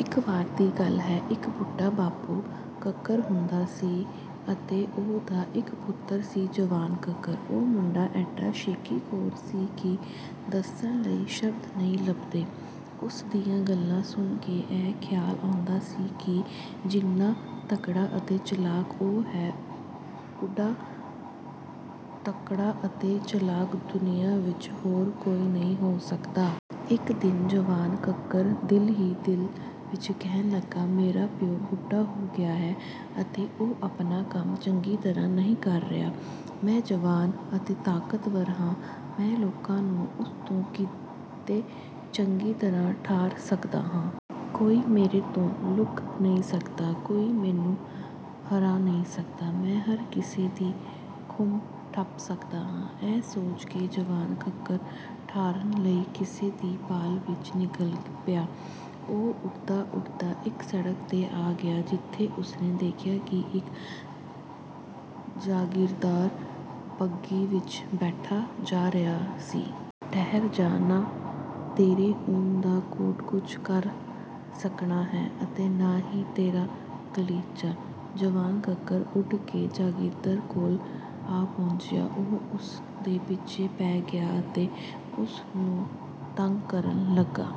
ਇੱਕ ਵਾਰ ਦੀ ਗੱਲ ਹੈ, ਇੱਕ ਬੁੱਢਾ ਬਾਪੂ ਕੱਕਰ ਹੁੰਦਾ ਸੀ ਅਤੇ ਉਹ ਦਾ ਇੱਕ ਪੁੱਤਰ ਸੀ ਜਵਾਨ ਕੱਕਰ। ਉਹ ਮੁੰਡਾ ਐਡਾ ਸ਼ੇਖ਼ੀਖ਼ੋਰਾ ਸੀ ਕਿ ਦੱਸਣ ਲਈ ਸ਼ਬਦ ਨਹੀਂ ਲੱਭਦੇ। ਉਸ ਦੀਆਂ ਗੱਲਾਂ ਸੁਣ ਕੇ ਇਹ ਖ਼ਿਆਲ ਆਉਂਦਾ ਸੀ ਕਿ ਜਿੰਨਾ ਤਕੜਾ ਅਤੇ ਚਲਾਕ ਉਹ ਹੈ, ਉੱਡਾ ਤਕੜਾ ਅਤੇ ਚਲਾਕ ਦੁਨੀਆ ਵਿੱਚ ਹੋਰ ਕੋਈ ਨਹੀਂ ਹੋ ਸਕਦਾ। ਇੱਕ ਦਿਨ ਜਵਾਨ ਕੱਕਰ ਦਿਲ ਹੀ ਦਿਲ ਵਿੱਚ ਕਹਿਣ ਲੱਗਾ, "ਮੇਰਾ ਪਿਓ ਬੁੱਢਾ ਹੋ ਗਿਆ ਹੈ ਅਤੇ ਉਹ ਆਪਣਾ ਕੰਮ ਚੰਗੀ ਤਰ੍ਹਾਂ ਨਹੀਂ ਕਰ ਰਿਹਾ। ਮੈਂ ਜਵਾਨ ਅਤੇ ਤਾਕਤਵਰ ਹਾਂ, ਮੈਂ ਲੋਕਾਂ ਨੂੰ ਉਸ ਤੋਂ ਕਿਤੇ ਚੰਗੀ ਤਰ੍ਹਾਂ ਠਾਰ ਸਕਦਾ ਹਾਂ। ਕੋਈ ਮੇਰੇ ਤੋਂ ਲੁਕ ਨਹੀਂ ਸਕਦਾ, ਕੋਈ ਮੈਨੂੰ ਹਰਾ ਨਹੀਂ ਸਕਦਾ, ਮੈਂ ਹਰ ਕਿਸੇ ਦੀ ਖੁੰਬ ਠੱਪ ਸਕਦਾ ਹਾਂ!" ਇਹ ਸੋਚ ਕੇ ਜਵਾਨ ਕੱਕਰ ਠਾਰਨ ਲਈ ਕਿਸੇ ਦੀ ਭਾਲ ਵਿੱਚ ਨਿਕਲ ਪਿਆ। ਉਹ ਉੱਡਦਾ-ਉੱਡਦਾ ਇੱਕ ਸੜਕ 'ਤੇ ਆ ਗਿਆ, ਜਿੱਥੇ ਉਸ ਨੇ ਦੇਖਿਆ ਕਿ ਇੱਕ ਜਾਗੀਰਦਾਰ ਬੱਘੀ ਵਿੱਚ ਬੈਠਾ ਜਾ ਰਿਹਾ ਸੀ। ਠਹਿਰ ਜਾ, ਨਾ ਤੇਰਾ ਊਣ ਦਾ ਕੋਟ ਕੁਝ ਕਰ ਸਕਣਾ ਹੈ ਅਤੇ ਨਾ ਹੀ ਤੇਰਾ ਗ਼ਲੀਚਾ।" ਜਵਾਨ ਕੱਕਰ ਉੱਡ ਕੇ ਜਾਗੀਰਦਾਰ ਕੋਲ ਆ ਪਹੁੰਚਿਆ। ਉਹ ਉਸ ਦੇ ਪਿੱਛੇ ਪੈ ਗਿਆ ਅਤੇ ਉਸ ਨੂੰ ਤੰਗ ਕਰਨ ਲੱਗਾ।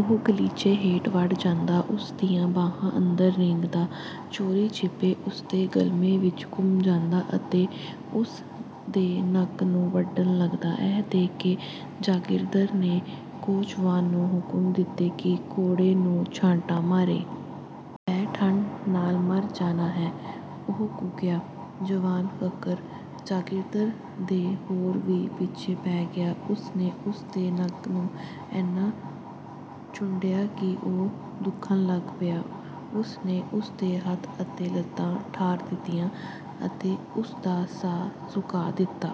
ਉਹ ਗ਼ਲੀਚੇ ਹੇਠ ਵੜ ਜਾਂਦਾ, ਉਸ ਦੀਆਂ ਬਾਹਾਂ ਅੰਦਰ ਰਿੰਗਦਾ, ਚੋਰੀ-ਛਿਪੇ ਉਸ ਦੇ ਗਲਮੇ ਵਿੱਚ ਘੁਸ ਜਾਂਦਾ ਅਤੇ ਉਸ ਦੇ ਨੱਕ ਨੂੰ ਵੱਢਣ ਲੱਗਦਾ। ਇਹ ਦੇਖ ਕੇ ਜਾਗੀਰਦਾਰ ਨੇ ਕੋਚਵਾਨ ਨੂੰ ਹੁਕਮ ਦਿੱਤਾ ਕਿ ਘੋੜੇ ਨੂੰ ਛਾਂਟਾ ਮਾਰੇ। "ਮੈਂ ਠੰਢ ਨਾਲ ਮਰ ਜਾਣਾ ਹੈ!" ਉਹ ਕੂਕਿਆ। ਜਵਾਨ ਕੱਕਰ ਜਾਗੀਰਦਾਰ ਦੇ ਹੋਰ ਵੀ ਪਿੱਛੇ ਪੈ ਗਿਆ। ਉਸ ਨੇ ਉਸ ਦੇ ਨੱਕ ਨੂੰ ਇੰਨਾ ਚੂੰਢਿਆ ਕਿ ਉਹ ਦੁਖਣ ਲੱਗ ਪਿਆ। ਉਸ ਨੇ ਉਸ ਦੇ ਹੱਥ ਅਤੇ ਲੱਤਾਂ ਠਾਰ ਦਿੱਤੀਆਂ ਅਤੇ ਉਸ ਦਾ ਸਾਹ ਸੁਕਾ ਦਿੱਤਾ।